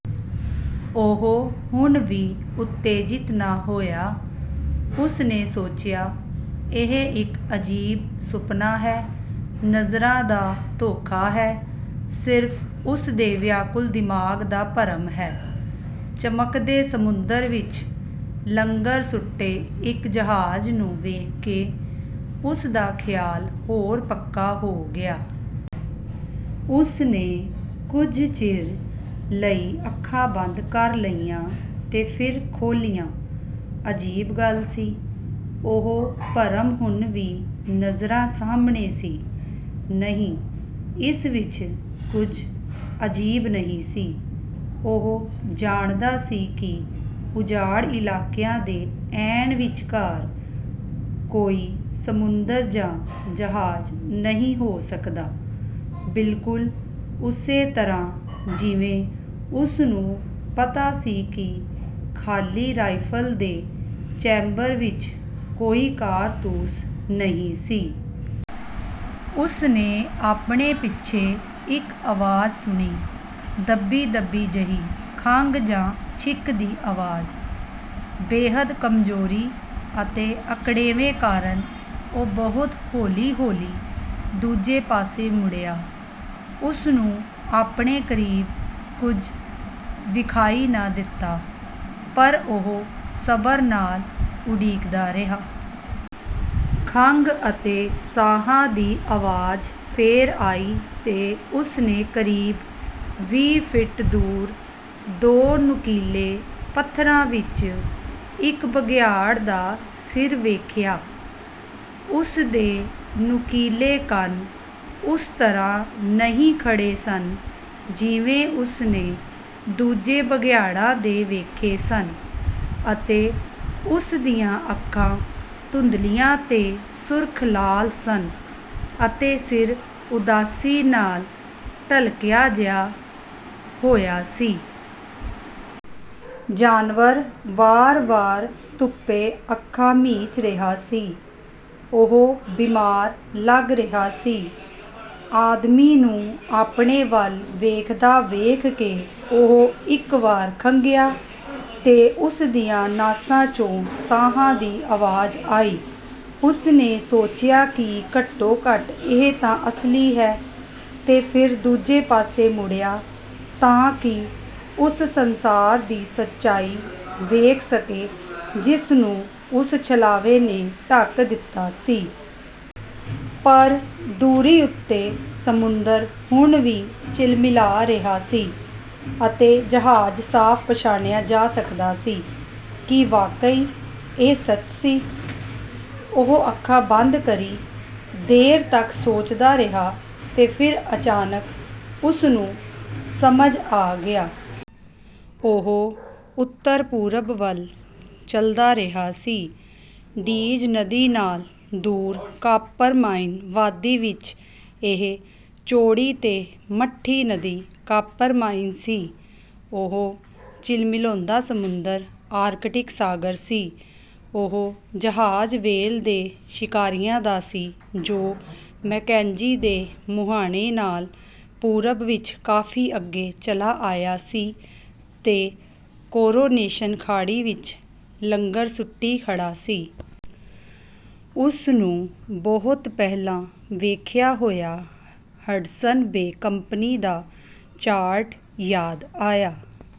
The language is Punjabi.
ਉਹ ਹੁਣ ਵੀ ਉਤੇਜਿਤ ਨਾ ਹੋਇਆ। ਉਸਨੇ ਸੋਚਿਆ, ਇਹ ਇੱਕ ਅਜੀਬ ਸੁਪਨਾ ਹੈ, ਨਜ਼ਰਾਂ ਦਾ ਧੋਖਾ ਹੈ। ਸਿਰਫ ਉਸਦੇ ਵਿਆਕੁਲ ਦਿਮਾਗ਼ ਦਾ ਭਰਮ ਹੈ। ਚਮਕਦੇ ਸਮੁੰਦਰ ਵਿੱਚ ਲੰਗਰ ਸੁੱਟੇ ਇੱਕ ਜਹਾਜ਼ ਨੂੰ ਵੇਖਕੇ ਉਸਦਾ ਖਿਆਲ ਹੋਰ ਪੱਕਾ ਹੋ ਗਿਆ। ਉਸਨੇ ਕੁੱਝ ਚਿਰ ਲਈ ਅੱਖਾਂ ਬੰਦ ਕਰ ਲਈਆਂ ਤੇ ਫਿਰ ਖੋਲ੍ਹੀਆਂ। ਅਜੀਬ ਗੱਲ ਸੀ! ਉਹ ਭਰਮ ਹੁਣ ਵੀ ਨਜ਼ਰਾਂ ਸਾਹਮਣੇ ਸੀ। ਨਹੀਂ, ਇਸ ਵਿੱਚ ਕੁੱਝ ਅਜੀਬ ਨਹੀਂ ਸੀ। ਉਹ ਜਾਣਦਾ ਸੀ ਕਿ ਉਜਾੜ ਇਲਾਕਿਆਂ ਦੇ ਐਨ ਵਿਚਕਾਰ ਕੋਈ ਸਮੁੰਦਰ ਜਾਂ ਜਹਾਜ਼ ਨਹੀਂ ਹੋ ਸਕਦਾ, ਬਿਲਕੁਲ ਉਸੇ ਤਰ੍ਹਾਂ ਜਿਵੇਂ ਉਸਨੂੰ ਪਤਾ ਸੀ ਕਿ ਖਾਲੀ ਰਾਇਫਲ ਦੇ ਚੈਂਬਰ ਵਿੱਚ ਕੋਈ ਕਾਰਤੂਸ ਨਹੀਂ ਸੀ। ਉਸਨੇ ਆਪਣੇ ਪਿੱਛੇ ਇੱਕ ਅਵਾਜ਼ ਸੁਣੀ – ਦੱਬੀ-ਦੱਬੀ ਜਿਹੀ ਖੰਘ ਜਾਂ ਛਿੱਕ ਦੀ ਅਵਾਜ਼। ਬੇਹੱਦ ਕਮਜ਼ੋਰੀ ਅਤੇ ਅਕੜੇਵੇਂ ਕਾਰਨ ਉਹ ਬਹੁਤ ਹੌਲ਼ੀ-ਹੌਲ਼ੀ ਦੂਜੇ ਪਾਸੇ ਮੁੜਿਆ। ਉਸਨੂੰ ਆਪਣੇ ਕਰੀਬ ਕੁੱਝ ਵਿਖਾਈ ਨਾ ਦਿੱਤਾ, ਪਰ ਉਹ ਸਬਰ ਨਾਲ਼ ਉਡੀਕਦਾ ਰਿਹਾ। ਖੰਘ ਅਤੇ ਸਾਹਾਂ ਦੀ ਅਵਾਜ਼ ਫੇਰ ਆਈ ਤੇ ਉਸਨੇ ਕਰੀਬ ਵੀਹ ਫੀਟ ਦੂਰ, ਦੋ ਨੁਕੀਲੇ ਪੱਥਰਾਂ ਵਿੱਚ ਇੱਕ ਬਘਿਆੜ ਦਾ ਸਿਰ ਵੇਖਿਆ। ਉਸਦੇ ਨੁਕੀਲੇ ਕੰਨ ਉਸ ਤਰ੍ਹਾਂ ਨਹੀਂ ਖੜੇ ਸਨ ਜਿਵੇਂ ਉਸਨੇ ਦੂਜੇ ਬਘਿਆੜਾਂ ਦੇ ਵੇਖੇ ਸਨ ਅਤੇ ਉਸਦੀਆਂ ਅੱਖਾਂ ਧੁੰਦਲ਼ੀਆਂ ਤੇ ਸੁਰਖ ਲਾਲ ਸਨ ਅਤੇ ਸਿਰ ਉਦਾਸੀ ਨਾਲ਼ ਢਲ਼ਕਿਆ ਜਿਹਾ ਹੋਇਆ ਸੀ। ਜਾਨਵਰ ਵਾਰ-ਵਾਰ ਧੁੱਪੇ ਅੱਖਾਂ ਮੀਚ ਰਿਹਾ ਸੀ। ਉਹ ਬਿਮਾਰ ਲੱਗ ਰਿਹਾ ਸੀ। ਆਦਮੀ ਨੂੰ ਆਪਣੇ ਵੱਲ ਵੇਖਦਾ ਵੇਖਕੇ ਉਹ ਇੱਕ ਵਾਰ ਖੰਘਿਆ ਤੇ ਉਸਦੀਆਂ ਨਾਸਾਂ 'ਚੋਂ ਸਾਹਾਂ ਦੀ ਅਵਾਜ਼ ਆਈ। ਉਸਨੇ ਸੋਚਿਆ ਕਿ ਘੱਟੋ-ਘੱਟ ਇਹ ਤਾਂ ਅਸਲੀ ਹੈ ਤੇ ਫਿਰ ਦੂਜੇ ਪਾਸੇ ਮੁੜਿਆ ਤਾਂ ਕਿ ਉਸ ਸੰਸਾਰ ਦੀ ਸੱਚਾਈ ਵੇਖ ਸਕੇ ਜਿਸਨੂੰ ਉਸ ਛਲਾਵੇ ਨੇ ਢਕ ਦਿੱਤਾ ਸੀ। ਪਰ ਦੂਰੀ ਉੱਤੇ ਸਮੁੰਦਰ ਹੁਣ ਵੀ ਝਿਲਮਿਲਾ ਰਿਹਾ ਸੀ ਅਤੇ ਜਹਾਜ਼ ਸਾਫ਼ ਪਛਾਣਿਆ ਜਾ ਸਕਦਾ ਸੀ। ਕੀ ਵਾਕਈ ਇਹ ਸੱਚ ਸੀ? ਉਹ ਅੱਖਾਂ ਬੰਦ ਕਰੀ ਦੇਰ ਤੱਕ ਸੋਚਦਾ ਰਿਹਾ ਤੇ ਫਿਰ ਅਚਾਨਕ ਉਸਨੂੰ ਸਮਝ ਆ ਗਿਆ। ਉਹ ਉੱਤਰ-ਪੂਰਬ ਵੱਲ ਚੱਲਦਾ ਰਿਹਾ ਸੀ, ਡੀਜ਼ ਨਦੀ ਨਾਲ਼ ਦੂਰ ਕਾਪਰਮਾਇਨ ਵਾਦੀ ਵਿੱਚ। ਇਹ ਚੌੜੀ ਤੇ ਮੱਠੀ ਨਦੀ ਕਾਪਰਮਾਇਨ ਸੀ। ਉਹ ਝਿਲਮਿਲਾਉਂਦਾ ਸਮੁੰਦਰ ਆਰਕਟਿਕ ਸਾਗਰ ਸੀ। ਉਹ ਜਹਾਜ਼ ਵੇਲ੍ਹ ਦੇ ਸ਼ਿਕਾਰੀਆਂ ਦਾ ਸੀ ਜੋ ਮੈਕੇਂਜੀ ਦੇ ਮੁਹਾਣੇ ਨਾਲ਼ ਪੂਰਬ ਵਿੱਚ ਕਾਫੀ ਅੱਗੇ ਚਲਾ ਆਇਆ ਸੀ ਤੇ ਕੋਰੋਨੇਸ਼ਨ ਖਾੜੀ ਵਿੱਚ ਲੰਗਰ ਸੁੱਟੀ ਖੜਾ ਸੀ। ਉਸਨੂੰ ਬਹੁਤ ਪਹਿਲਾਂ ਵੇਖਿਆ ਹੋਇਆ ਹਡਸਨ ਬੇ ਕੰਪਨੀ ਦਾ ਚਾਰਟ ਯਾਦ ਆਇਆ